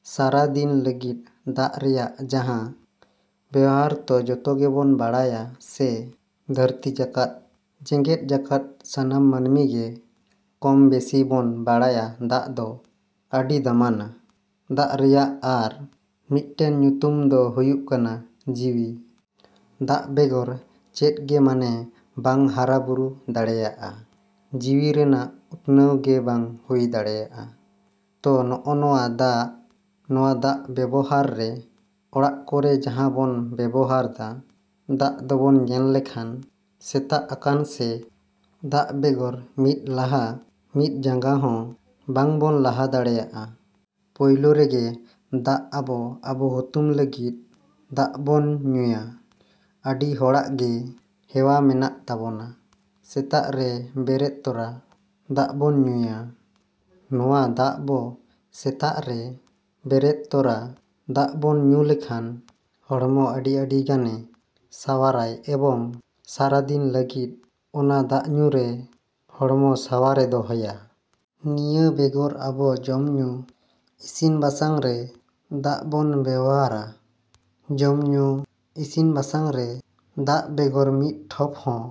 ‎ᱥᱟᱨᱟ ᱫᱤᱱ ᱞᱟᱹᱜᱤᱫ ᱫᱟᱜ ᱨᱮᱱᱟᱜ ᱡᱟᱦᱟᱸ ᱵᱮᱣᱦᱟᱨ ᱛᱚ ᱡᱚᱛᱚ ᱜᱮᱵᱚᱱ ᱵᱟᱲᱟᱭᱟ ᱥᱮ ᱫᱷᱟᱹᱨᱛᱤ ᱡᱟᱠᱟᱛ, ᱡᱮᱜᱮᱫ ᱡᱟᱠᱟᱛ ᱥᱟᱱᱟᱢ ᱢᱟᱹᱱᱢᱤ ᱜᱮ ᱠᱚᱢ ᱵᱮᱥᱤ ᱵᱚᱱ ᱵᱟᱲᱟᱭᱟ ᱫᱟᱜ ᱫᱚ ᱟᱹᱰᱤ ᱫᱟᱢᱟᱱᱟ᱾ ᱫᱟᱜ ᱨᱮᱭᱟᱜ ᱟᱨ ᱢᱤᱫᱴᱮᱱ ᱧᱩᱛᱩᱢ ᱫᱚ ᱦᱩᱭᱩᱜ ᱠᱟᱱᱟ ᱡᱤᱣᱤ᱾ ᱫᱟᱜ ᱵᱮᱜᱚᱨ ᱪᱮᱫ ᱜᱮ ᱢᱟᱱᱮ ᱵᱟᱝ ᱦᱟᱨᱟ ᱵᱩᱨᱩ ᱫᱟᱲᱮᱭᱟᱜᱼᱟ, ᱡᱤᱣᱤ ᱨᱮᱭᱟᱜ ᱩᱛᱱᱟᱹᱣ ᱜᱮ ᱵᱟᱝ ᱦᱩᱭ ᱫᱟᱲᱮᱭᱟᱜᱼᱟ᱾ ᱛᱚ ᱱᱚᱜᱼᱱᱚᱣᱟ ᱫᱟᱜ, ᱱᱚᱣᱟ ᱫᱟᱜ ᱵᱮᱵᱚᱦᱟᱨ ᱨᱮ ᱚᱲᱟᱜ ᱠᱚᱨᱮ ᱡᱟᱦᱟᱸ ᱵᱚᱱ ᱵᱮᱵᱚᱦᱟᱨ ᱫᱟ, ᱫᱟᱜ ᱫᱚᱵᱚᱱ ᱧᱮᱞ ᱞᱮᱠᱷᱟᱱ ᱥᱮᱛᱟᱜ ᱟᱠᱟᱱ ᱥᱮ ᱫᱟᱜ ᱵᱮᱜᱚᱨ ᱢᱤᱫ ᱞᱟᱦᱟ ᱢᱤᱫ ᱡᱟᱜᱟ ᱦᱚᱸ ᱵᱟᱝ ᱵᱚᱱ ᱞᱟᱦᱟ ᱫᱟᱲᱮᱭᱟᱜᱼᱟ᱾ ᱯᱳᱭᱞᱳ ᱨᱮᱜᱮ ᱫᱟᱜ ᱟᱵᱚ ᱟᱵᱼᱦᱩᱛᱩᱢ ᱞᱟᱹᱜᱤᱫ, ᱫᱟᱜ ᱵᱚᱱ ᱧᱩᱭᱟ᱾ ᱟᱹᱰᱤ ᱦᱚᱲᱟᱜ ᱜᱮ ᱦᱮᱣᱟ ᱢᱮᱱᱟᱜ ᱛᱟᱵᱚᱱᱟ ᱥᱮᱛᱟᱜ ᱨᱮ ᱵᱮᱨᱮᱫ ᱛᱚᱨᱟ ᱫᱟᱜ ᱵᱚᱱ ᱧᱩᱭᱟ᱾ ᱱᱚᱣᱟ ᱫᱟᱜ ᱵᱚ ᱥᱮᱛᱟᱜ ᱨᱮ ᱵᱮᱨᱮᱫ ᱛᱚᱨᱟ ᱫᱟᱜ ᱵᱚᱱ ᱧᱩ ᱞᱮᱠᱷᱟᱱ ᱦᱚᱲᱢᱚ ᱟᱹᱰᱤ ᱟᱹᱰᱤ ᱜᱟᱱᱮ ᱥᱟᱶᱟᱨᱟᱭ ᱮᱵᱚᱝ ᱥᱟᱨᱟ ᱫᱤᱱ ᱞᱟᱹᱜᱤᱫ ᱚᱱᱟ ᱫᱟᱜ ᱧᱩ ᱨᱮ ᱦᱚᱲᱢᱚ ᱥᱟᱶᱟᱨᱮ ᱫᱚᱦᱚᱭᱟ᱾ ᱱᱤᱭᱟᱹ ᱵᱮᱜᱚᱨ ᱟᱵᱚ ᱡᱚᱢᱼᱧᱩ, ᱤᱥᱤᱱ ᱵᱟᱥᱟᱝ ᱨᱮ ᱫᱟᱜ ᱵᱚᱱ ᱵᱮᱣᱦᱟᱨᱟ᱾ ᱡᱚᱢ ᱧᱩ, ᱤᱥᱤᱱ ᱵᱟᱥᱟᱝ ᱨᱮ ᱫᱟᱜ ᱵᱮᱜᱚᱨ ᱢᱤᱫ ᱴᱷᱚᱯ ᱦᱚᱸ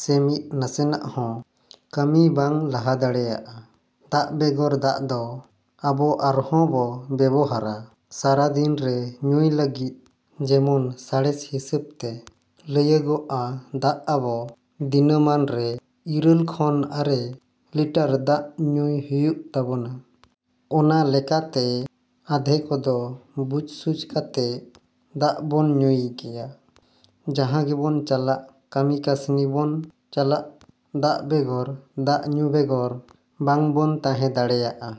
ᱥᱮ ᱢᱤᱫ ᱱᱟᱥᱮᱱᱟᱜ ᱦᱚᱸ ᱠᱟᱹᱢᱤ ᱵᱟᱝ ᱞᱟᱦᱟ ᱫᱟᱲᱮᱭᱟᱜᱼᱟ᱾ ᱫᱟᱜ ᱵᱮᱜᱚᱨ ᱫᱟᱜ ᱫᱚ ᱟᱵᱚ ᱟᱨᱦᱚᱸ ᱵᱚ ᱵᱮᱵᱚᱦᱟᱨᱟ ᱥᱟᱨᱟ ᱫᱤᱱ ᱨᱮ ᱧᱩᱭ ᱞᱟᱹᱜᱤᱫ ᱡᱮᱢᱚᱱ ᱥᱟᱬᱮᱥ ᱦᱤᱥᱟᱹᱵᱽ ᱛᱮ ᱞᱟᱹᱭᱟᱹᱜᱚᱜᱼᱟ ᱫᱟᱜ ᱟᱵᱚ ᱫᱤᱱᱟᱹᱢᱟᱱ ᱨᱮ ᱤᱨᱟᱹᱞ ᱠᱷᱚᱱ ᱟᱨᱮ ᱞᱤᱴᱟᱨ ᱫᱟᱜ ᱧᱩᱭ ᱦᱩᱭᱩᱜ ᱛᱟᱵᱚᱱᱟ᱾ ᱚᱱᱟ ᱞᱮᱠᱟ ᱛᱮ ᱟᱫᱷᱮᱠ ᱠᱚᱫᱚ ᱵᱩᱡᱽᱼᱥᱩᱡᱽ ᱠᱟᱛᱮ ᱫᱟᱜ ᱵᱚᱱ ᱧᱩᱭ ᱜᱮᱭᱟ᱾ ᱡᱟᱦᱟᱸ ᱜᱮᱵᱚᱱ ᱪᱟᱞᱟᱜ ᱠᱟᱹᱢᱤ ᱠᱟᱥᱱᱤ ᱵᱚᱱ ᱪᱟᱞᱟᱜ ᱫᱟᱜ ᱵᱮᱜᱚᱨ ᱫᱟᱜ ᱧᱩ ᱵᱮᱜᱚᱨ ᱵᱟᱝ ᱵᱚᱱ ᱛᱟᱦᱮᱸ ᱫᱟᱲᱮᱭᱟᱜᱼᱟ᱾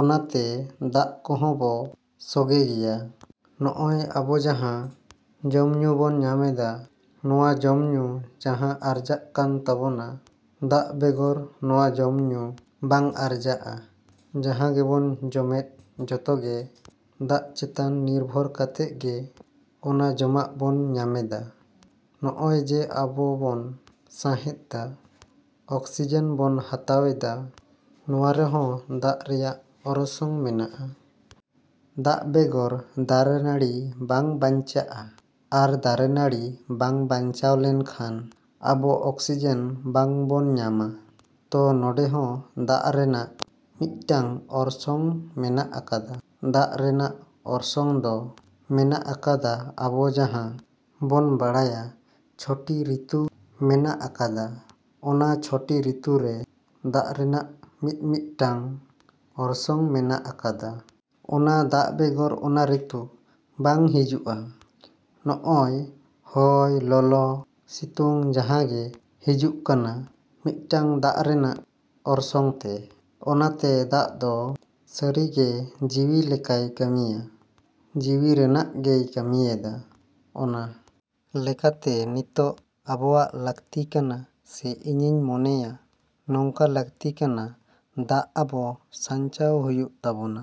ᱚᱱᱟ ᱛᱮ ᱫᱟᱜ ᱠᱚᱦᱚᱸ ᱵᱚ ᱥᱚᱸᱜᱮ ᱜᱮᱭᱟ᱾ ᱱᱚᱜᱼᱚᱭ ᱟᱵᱚ ᱡᱟᱦᱟᱸ ᱡᱚᱢᱼᱧᱩ ᱵᱚᱱ ᱧᱟᱢᱮᱫᱟ, ᱱᱚᱣᱟ ᱡᱚᱢᱼᱧᱩ ᱡᱟᱦᱟᱸ ᱟᱨᱡᱟᱜ ᱠᱟᱱ ᱛᱟᱵᱚᱱᱟ ᱫᱟᱜ ᱵᱮᱜᱚᱨ ᱱᱚᱣᱟ ᱡᱚᱢᱼᱧᱩ ᱵᱟᱝ ᱟᱨᱡᱟᱜᱼᱟ᱾ ᱡᱟᱦᱟᱸ ᱜᱮᱵᱚᱱ ᱡᱚᱢᱮᱫ ᱡᱚᱛᱚ ᱜᱮ ᱫᱟᱜ ᱪᱮᱛᱟᱱ ᱱᱤᱨᱵᱷᱚᱨ ᱠᱟᱛᱮᱫ ᱜᱮ ᱚᱱᱟ ᱡᱚᱢᱟᱜ ᱵᱚᱱ ᱧᱟᱢᱮᱫᱟ᱾ ᱱᱚᱜᱼᱚᱭ ᱡᱮ ᱟᱵᱚ ᱵᱚᱱ ᱥᱟᱸᱦᱮᱫᱟ, ᱚᱠᱥᱤᱡᱮᱱ ᱵᱚᱱ ᱦᱟᱛᱟᱣ ᱮᱫᱟ, ᱱᱚᱣᱟ ᱨᱮᱦᱚᱸ ᱫᱟᱜ ᱨᱮᱱᱟᱜ ᱚᱨᱟᱥᱚᱝ ᱢᱮᱱᱟᱜᱼᱟ᱾ ᱫᱟᱜ ᱵᱮᱜᱚᱨ ᱫᱟᱨᱮ ᱱᱟᱹᱲᱤ ᱵᱟᱝ ᱵᱟᱧᱪᱟᱜᱼᱟ ᱟᱨ ᱫᱟᱨᱮ ᱱᱟᱹᱲᱤ ᱵᱟᱝ ᱵᱟᱧᱪᱟᱣ ᱞᱮᱱᱠᱷᱟᱱ ᱟᱵᱚ ᱚᱠᱥᱤᱡᱮᱱ ᱵᱟᱝ ᱵᱚᱱ ᱧᱟᱢᱟ᱾ ᱛᱚ ᱱᱚᱰᱮ ᱦᱚᱸ ᱫᱟᱜ ᱨᱮᱱᱟᱜ ᱢᱤᱫᱴᱟᱝ ᱚᱨᱥᱚᱝ ᱢᱮᱱᱟᱜ ᱟᱠᱟᱫᱟ᱾ ᱫᱟᱜ ᱨᱮᱱᱟᱜ ᱚᱨᱥᱚᱝ ᱫᱚ ᱢᱮᱱᱟᱜ ᱟᱠᱟᱫᱟ ᱟᱵᱚ ᱡᱟᱦᱟᱸ ᱵᱚᱱ ᱵᱟᱲᱟᱭᱟ ᱪᱷᱚᱴᱤ ᱨᱤᱛᱩ ᱢᱮᱱᱟᱜ ᱟᱠᱟᱫᱟ, ᱚᱱᱟ ᱪᱷᱚᱴᱤ ᱨᱤᱛᱩ ᱨᱮ ᱫᱟᱜ ᱨᱮᱱᱟᱜ ᱢᱤᱼᱢᱤᱫᱴᱟᱝ ᱚᱨᱥᱚᱝ ᱢᱮᱱᱟᱜ ᱟᱠᱟᱫᱟ᱾ ᱚᱱᱟ ᱫᱟᱜ ᱵᱮᱜᱚᱨ ᱚᱱᱟ ᱨᱤᱛᱩ ᱵᱟᱝ ᱦᱤᱡᱩᱜᱼᱟ᱾ ᱦᱚᱸᱜᱼᱚᱭ ᱦᱚᱭ, ᱞᱚᱞᱚ, ᱥᱤᱛᱩᱝ ᱡᱟᱦᱟᱸ ᱜᱮ ᱦᱤᱡᱩᱜ ᱠᱟᱱᱟ ᱢᱤᱫᱴᱟᱝ ᱫᱟᱜ ᱨᱮᱱᱟᱜ ᱚᱨᱥᱚᱝ ᱛᱮ᱾ ᱚᱱᱟᱛᱮ ᱫᱟᱜ ᱫᱚ ᱥᱟᱹᱨᱤ ᱜᱮ ᱡᱤᱣᱤ ᱞᱮᱠᱟᱭ ᱠᱟᱹᱢᱤᱭᱟ, ᱡᱤᱣᱤ ᱨᱮᱱᱟᱜ ᱜᱮᱭ ᱠᱟᱹᱢᱤᱭᱮᱫᱟ᱾ ᱚᱱᱟ ᱞᱮᱠᱟᱛᱮ ᱱᱤᱛᱳᱜ ᱟᱵᱚᱣᱟᱜ ᱞᱟᱹᱠᱛᱤ ᱠᱟᱱᱟ ᱥᱮ ᱤᱧᱤᱧ ᱢᱚᱱᱮᱭᱟ ᱱᱚᱝᱠᱟ ᱞᱟᱹᱠᱛᱤ ᱠᱟᱱᱟ ᱫᱟᱜ ᱟᱵᱚ ᱥᱟᱧᱪᱟᱣ ᱦᱩᱭᱩᱜ ᱛᱟᱵᱚᱱᱟ,